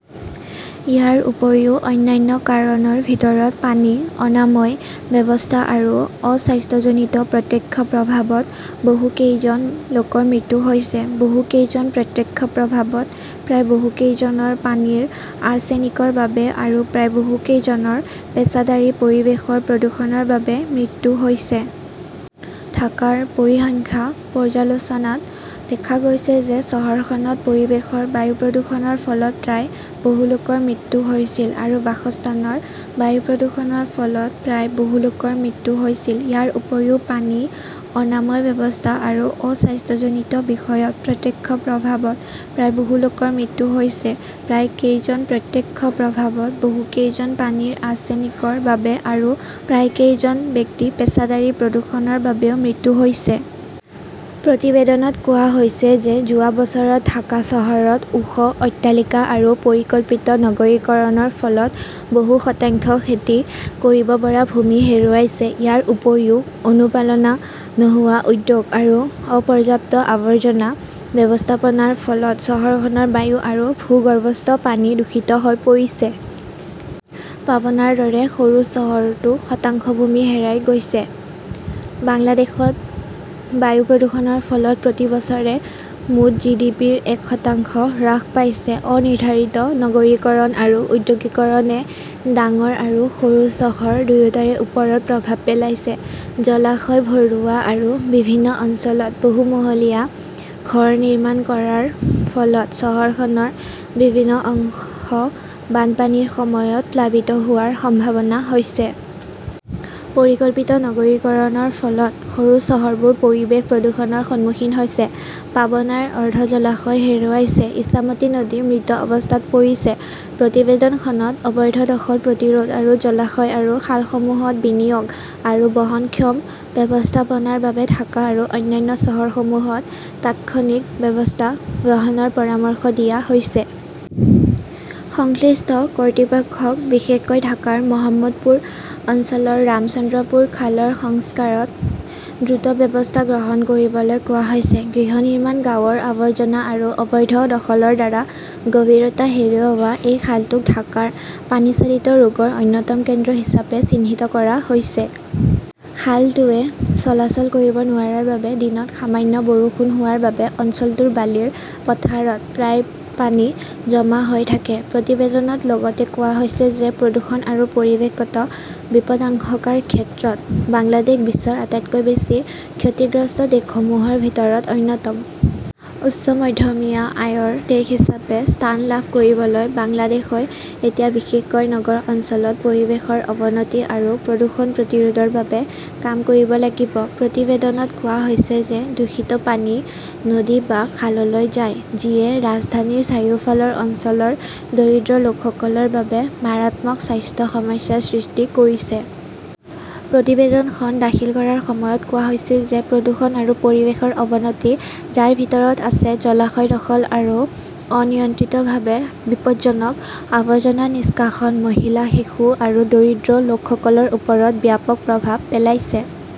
ইয়াৰ উপৰিও অন্যান্য কাৰণৰ ভিতৰত পানী, অনাময় ব্যৱস্থা আৰু অ-স্বাস্থ্যজনিত প্ৰত্যক্ষ প্ৰভাৱত বহু কেইজন লোকৰ মৃত্যু হৈছে, বহু কেইজন প্ৰত্যক্ষ প্ৰভাৱত, প্ৰায় বহু কেইজনৰ পানীৰ আৰ্ছেনিকৰ বাবে আৰু প্ৰায় বহু কেইজনৰ পেছাদাৰী পৰিৱেশৰ প্ৰদূষণৰ বাবে মৃত্যু হৈছে। ঢাকাৰ পৰিসংখ্যা পৰ্যালোচনাত দেখা গৈছে যে চহৰখনত পৰিৱেশৰ বায়ু প্ৰদূষণৰ ফলত প্ৰায়, বহুলোকৰ মৃত্যু হৈছিল আৰু বাসস্থানৰ বায়ু প্ৰদূষণৰ ফলত প্ৰায়, বহুলোকৰ মৃত্যু হৈছিল। ইয়াৰ উপৰিও পানী, অনাময় ব্যৱস্থা আৰু অ-স্বাস্থ্যজনিত বিষয়ত প্ৰত্যক্ষ প্ৰভাৱত প্ৰায় বহুলোকৰ মৃত্যু হৈছে, প্ৰায় কেইজন প্ৰত্যক্ষ প্ৰভাৱত, বহুজন পানীৰ আৰ্ছেনিকৰ বাবে আৰু প্ৰায় কেইজন ব্যক্তি পেছাদাৰী প্ৰদূষণৰ বাবেও মৃত্যু হৈছে। প্ৰতিবেদনত কোৱা হৈছে যে যোৱা বছৰত ঢাকা চহৰত ওখ অট্টালিকা আৰু পৰিকল্পিত নগৰীকৰণৰ ফলত বহু শতাংশ খেতি কৰিব পৰা ভূমি হেৰুৱাইছে। ইয়াৰ উপৰিও অনুপালনা নোহোৱা উদ্যোগ আৰু অপৰ্যাপ্ত আৱৰ্জনা ব্যৱস্থাপনাৰ ফলত চহৰখনৰ বায়ু আৰু ভূগৰ্ভস্থ পানী দূষিত হৈ পৰিছে। পাবনাৰ দৰে সৰু চহৰতো শতাংশ ভূমি হেৰাই গৈছে। বাংলাদেশত বায়ু প্ৰদূষণৰ ফলত প্ৰতি বছৰে মুঠ জিডিপিৰ এক শতাংশ হ্ৰাস পাইছে। অনিৰ্ধাৰিত নগৰীকৰণ আৰু ঔদ্যোগিকৰণে ডাঙৰ আৰু সৰু চহৰ দুয়োটাৰে ওপৰত প্ৰভাৱ পেলাইছে। জলাশয় ভৰোৱা আৰু বিভিন্ন অঞ্চলত বহুমহলীয়া ঘৰ নিৰ্মাণ কৰাৰ ফলত চহৰখনৰ বিভিন্ন অংশ বানপানীৰ সময়ত প্লাবিত হোৱাৰ সম্ভাৱনা হৈছে। পৰিকল্পিত নগৰীকৰণৰ ফলত সৰু চহৰবোৰ পৰিৱেশ প্ৰদূষণৰ সন্মুখীন হৈছে। পাবনাইৰ অৰ্ধ জলাশয় হেৰুৱাইছে। ইছামতী নদী মৃত অৱস্থাত পৰিছে। প্ৰতিবেদনখনত অবৈধ দখল প্ৰতিৰোধ আৰু জলাশয় আৰু খালসমূহত বিনিয়োগ আৰু বহনক্ষম ব্যৱস্থাপনাৰ বাবে ঢাকা আৰু অন্যান্য চহৰসমূহত তাৎক্ষণিক ব্যৱস্থা গ্ৰহণৰ পৰামৰ্শ দিয়া হৈছে। সংশ্লিষ্ট কৰ্তৃপক্ষক বিশেষকৈ ঢাকাৰ মহম্মদপুৰ অঞ্চলৰ ৰামচন্দ্ৰপুৰ খালৰ সংস্কাৰত দ্ৰুত ব্যৱস্থা গ্ৰহণ কৰিবলৈ কোৱা হৈছে। গৃহ নিৰ্মাণ গাঁৱৰ আৱৰ্জনা আৰু অবৈধ দখলৰ দ্বাৰা গভীৰতা হেৰুওৱা, এই খালটোক ঢাকাৰ পানী-চালিত ৰোগৰ অন্যতম কেন্দ্ৰ হিচাপে চিহ্নিত কৰা হৈছে। খালটোৱে চলাচল কৰিব নোৱাৰাৰ বাবে দিনত সামান্য বৰষুণ হোৱাৰ বাবে অঞ্চলটোৰ বালিৰ পথাৰত প্ৰায় পানী জমা হৈ থাকে। প্ৰতিবেদনত লগতে কোৱা হৈছে যে প্ৰদূষণ আৰু পৰিৱেশগত বিপদাশংকাৰ ক্ষেত্ৰত বাংলাদেশ বিশ্বৰ আটাইতকৈ বেছি ক্ষতিগ্ৰস্ত দেশসমূহৰ ভিতৰত অন্যতম। উচ্চ মধ্যমীয়া আয়ৰ দেশ হিচাপে স্থান লাভ কৰিবলৈ বাংলাদেশই এতিয়া বিশেষকৈ নগৰ অঞ্চলত পৰিৱেশৰ অৱনতি আৰু প্ৰদূষণ প্ৰতিৰোধৰ বাবে কাম কৰিব লাগিব। প্ৰতিবেদনত কোৱা হৈছে যে দূষিত পানী নদী বা খাললৈ যায়। যিয়ে ৰাজধানীৰ চাৰিওফালৰ অঞ্চলৰ দৰিদ্ৰ লোকসকলৰ বাবে মাৰাত্মক স্বাস্থ্য সমস্যাৰ সৃষ্টি কৰিছে। প্ৰতিবেদনখন দাখিল কৰাৰ সময়ত কোৱা হৈছিল যে প্ৰদূষণ আৰু পৰিৱেশৰ অৱনতি, যাৰ ভিতৰত আছে জলাশয় দখল আৰু অনিয়ন্ত্ৰিতভাৱে বিপজ্জনক আৱৰ্জনা নিষ্কাশন, মহিলা, শিশু আৰু দৰিদ্ৰ লোকসকলৰ ওপৰত ব্যাপক প্ৰভাৱ পেলাইছে।